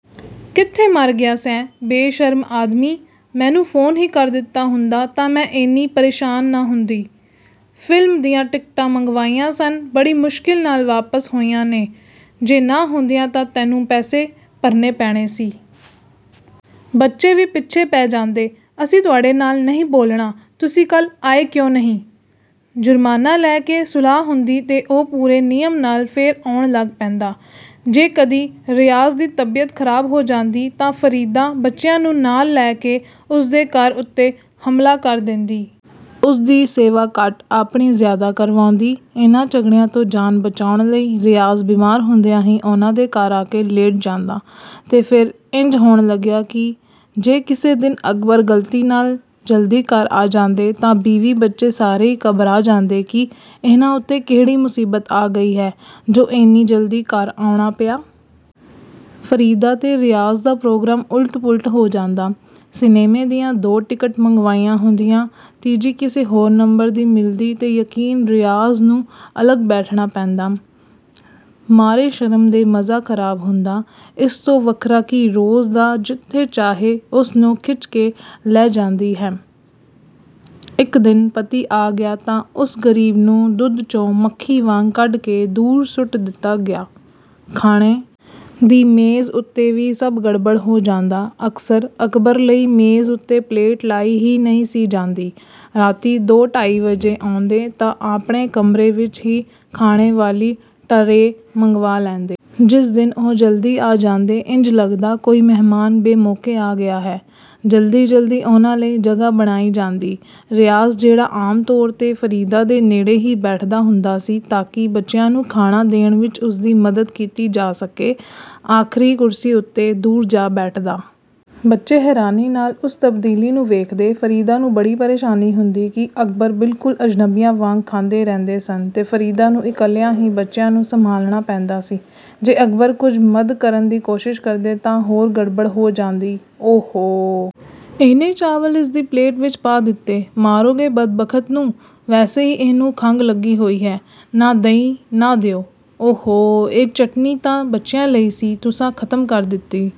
ਕਿੱਥੇ ਮਰ ਗਿਆ ਸੈਂ, ਬੇਸ਼ਰਮ ਆਦਮੀ! ਮੈਨੂੰ ਫ਼ੋਨ ਹੀ ਕਰ ਦਿੱਤਾ ਹੁੰਦਾ ਤਾਂ ਮੈਂ ਏਨੀ ਪਰੇਸ਼ਾਨ ਨਾ ਹੁੰਦੀ। ਫ਼ਿਲਮ ਦੀਆਂ ਟਿਕਟਾਂ ਮੰਗਵਾਈਆਂ ਸਨ, ਬੜੀ ਮੁਸ਼ਕਿਲ ਨਾਲ ਵਾਪਿਸ ਹੋਈਆਂ ਨੇ-- ਜੇ ਨਾ ਹੁੰਦੀਆਂ ਤਾਂ ਤੈਨੂੰ ਪੈਸੇ ਭਰਨੇ ਪੈਣੇ ਸੀ। ਬੱਚੇ ਵੀ ਪਿੱਛੇ ਪੈ ਜਾਂਦੇ -- 'ਅਸੀਂ ਤੁਹਾਡੇ ਨਾਲ ਨਹੀਂ ਬੋਲਣਾ, ਤੁਸੀਂ ਕੱਲ੍ਹ ਆਏ ਕਿਉਂ ਨਹੀਂ?' ਜੁਰਮਾਨਾ ਲੈ ਕੇ ਸੁਲਾਹ ਹੁੰਦੀ ਤੇ ਉਹ ਪੂਰੇ ਨਿਯਮ ਨਾਲ ਫੇਰ ਆਉਣ ਲੱਗ ਪੈਂਦਾ। ਜੇ ਕਦੀ ਰਿਆਜ਼ ਦੀ ਤਬੀਅਤ ਖਰਾਬ ਹੋ ਜਾਂਦੀ ਤਾਂ ਫਰੀਦਾ ਬੱਚਿਆਂ ਨੂੰ ਨਾਲ ਲੈ ਕੇ ਉਸ ਦੇ ਘਰ ਉੱਤੇ ਹਮਲਾ ਕਰ ਦੇਂਦੀ। ਉਸਦੀ ਸੇਵਾ ਘੱਟ, ਆਪਣੀ ਜ਼ਿਆਦਾ ਕਰਵਾਉਂਦੀ। ਇਹਨਾਂ ਝਗੜਿਆਂ ਤੋਂ ਜਾਨ ਬਚਾਉਣ ਲਈ ਰਿਆਜ਼ ਬਿਮਾਰ ਹੁੰਦਿਆਂ ਹੀ ਉਹਨਾਂ ਦੇ ਘਰ ਆ ਕੇ ਲੇਟ ਜਾਂਦਾ। ਤੇ ਫੇਰ ਇੰਜ ਹੋਣ ਲੱਗਿਆ ਕਿ ਜੇ ਕਿਸੇ ਦਿਨ ਅਕਬਰ ਗਲਤੀ ਨਾਲ ਜਲਦੀ ਘਰ ਆ ਜਾਂਦੇ ਤਾਂ ਬੀਵੀ ਬੱਚੇ ਸਾਰੇ ਹੀ ਘਬਰਾ ਜਾਂਦੇ ਕਿ 'ਇਹਨਾਂ ਉੱਤੇ ਕਿਹੜੀ ਮੁਸੀਬਤ ਆ ਗਈ ਹੈ ਜੋ ਏਨੀ ਜਲਦੀ ਘਰ ਆਉਣਾ ਪਿਆ?' ਫਰੀਦਾ ਤੇ ਰਿਆਜ਼ ਦਾ ਪ੍ਰੋਗਰਾਮ ਉਲਟ-ਪੁਲਟ ਹੋ ਜਾਂਦਾ --ਸਿਨੇਮੇ ਦੀਆਂ ਦੋ ਟਿਕਟ ਮੰਗਵਾਈਆਂ ਹੁੰਦੀਆਂ, ਤੀਜੀ ਕਿਸੇ ਹੋਰ ਨੰਬਰ ਦੀ ਮਿਲਦੀ ਤੇ ਯਕੀਨ ਰਿਆਜ਼ ਨੂੰ ਅਲੱਗ ਬੈਠਣਾ ਪੈਂਦਾ। ਮਾਰੇ ਸ਼ਰਮ ਦੇ ਮਜ਼ਾ ਖਰਾਬ ਹੁੰਦਾ, ਇਸ ਤੋਂ ਵੱਖਰਾ ਕਿ ਰੋਜ਼ ਤਾਂ ਜਿੱਥੇ ਚਾਹੇ ਉਸ ਨੂੰ ਖਿੱਚ ਕੇ ਲੈ ਜਾਂਦੀ ਹੈ, ਇੱਕ ਦਿਨ ਪਤੀ ਆ ਗਿਆ ਤਾਂ ਉਸ ਗਰੀਬ ਨੂੰ ਦੁੱਧ 'ਚੋਂ ਮੱਖੀ ਵਾਂਗ ਕੱਢ ਕੇ ਦੂਰ ਸੁੱਟ ਦਿੱਤਾ ਗਿਆ। ਖਾਣੇ ਦੀ ਮੇਜ਼ ਉੱਤੇ ਵੀ ਸਭ ਗੜਬੜ ਹੋ ਜਾਂਦਾ --ਅਕਸਰ, ਅਕਬਰ ਲਈ ਮੇਜ਼ ਉੱਤੇ ਪਲੇਟ ਲਾਈ ਹੀ ਨਹੀਂ ਸੀ ਜਾਂਦੀ। ਰਾਤੀਂ ਦੋ ਢਾਈ ਵਜੇ ਆਉਂਦੇ ਤਾਂ ਆਪਣੇ ਕਮਰੇ ਵਿੱਚ ਹੀ ਖਾਣੇ ਵਾਲੀ ਟਰੇ ਮੰਗਵਾ ਲੈਂਦੇ। ਜਿਸ ਦਿਨ ਉਹ ਜਲਦੀ ਆ ਜਾਂਦੇ, ਇੰਜ ਲੱਗਦਾ ਕੋਈ ਮਹਿਮਾਨ ਬੇਮੌਕੇ ਆ ਗਿਆ ਹੈ। ਜਲਦੀ-ਜਲਦੀ ਉਹਨਾਂ ਲਈ ਜਗ੍ਹਾ ਬਣਾਈ ਜਾਂਦੀ --ਰਿਆਜ਼ ਜਿਹੜਾ ਆਮ ਤੌਰ 'ਤੇ ਫਰੀਦਾ ਦੇ ਨੇੜੇ ਹੀ ਬੈਠਦਾ ਹੁੰਦਾ ਸੀ ਤਾਂਕਿ ਬੱਚਿਆਂ ਨੂੰ ਖਾਣਾ ਦੇਣ ਵਿੱਚ ਉਸਦੀ ਮਦਦ ਕੀਤੀ ਜਾ ਸਕੇ, ਆਖ਼ਰੀ ਕੁਰਸੀ ਉੱਤੇ, ਦੂਰ ਜਾ ਬੈਠਦਾ। ਬੱਚੇ ਹੈਰਾਨੀ ਨਾਲ ਉਸ ਤਬਦੀਲੀ ਨੂੰ ਵੇਖਦੇ। ਫਰੀਦਾ ਨੂੰ ਬੜੀ ਪਰੇਸ਼ਾਨੀ ਹੁੰਦੀ ਕਿ, ਅਕਬਰ ਬਿਲਕੁਲ ਅਜਨਬੀਆਂ ਵਾਂਗ ਖਾਂਦੇ ਰਹਿੰਦੇ ਸਨ ਤੇ ਫਰੀਦਾ ਨੂੰ ਇਕੱਲਿਆਂ ਹੀ ਬੱਚਿਆਂ ਨੂੰ ਸੰਭਾਲਣਾ ਪੈਂਦਾ ਸੀ। ਜੇ ਅਕਬਰ ਕੁਝ ਮਦ ਕਰਨ ਦੀ ਕੋਸ਼ਿਸ਼ ਕਰਦੇ ਤਾਂ ਹੋਰ ਗੜਬੜ ਹੋ ਜਾਂਦੀ --"ਓ-ਹੋ! ਏਨੇ ਚਾਵਲ ਇਸ ਦੀ ਪਲੇਟ ਵਿੱਚ ਪਾ ਦਿੱਤੇ-- ਮਾਰੋਗੇ ਬਦਬਖ਼ਤ ਨੂੰ। ਵੈਸੇ ਹੀ ਇਹਨੂੰ ਖੰਘ ਲੱਗੀ ਹੋਈ ਹੈ। ਨਾ, ਦਹੀਂ ਨਾ ਦਿਓ। ਓ-ਹੋ ਇਹ ਚਟਨੀ ਤਾਂ ਬੱਚਿਆਂ ਲਈ ਸੀ --ਤੁਸਾਂ ਖਤਮ ਕਰ ਦਿੱਤੀ।"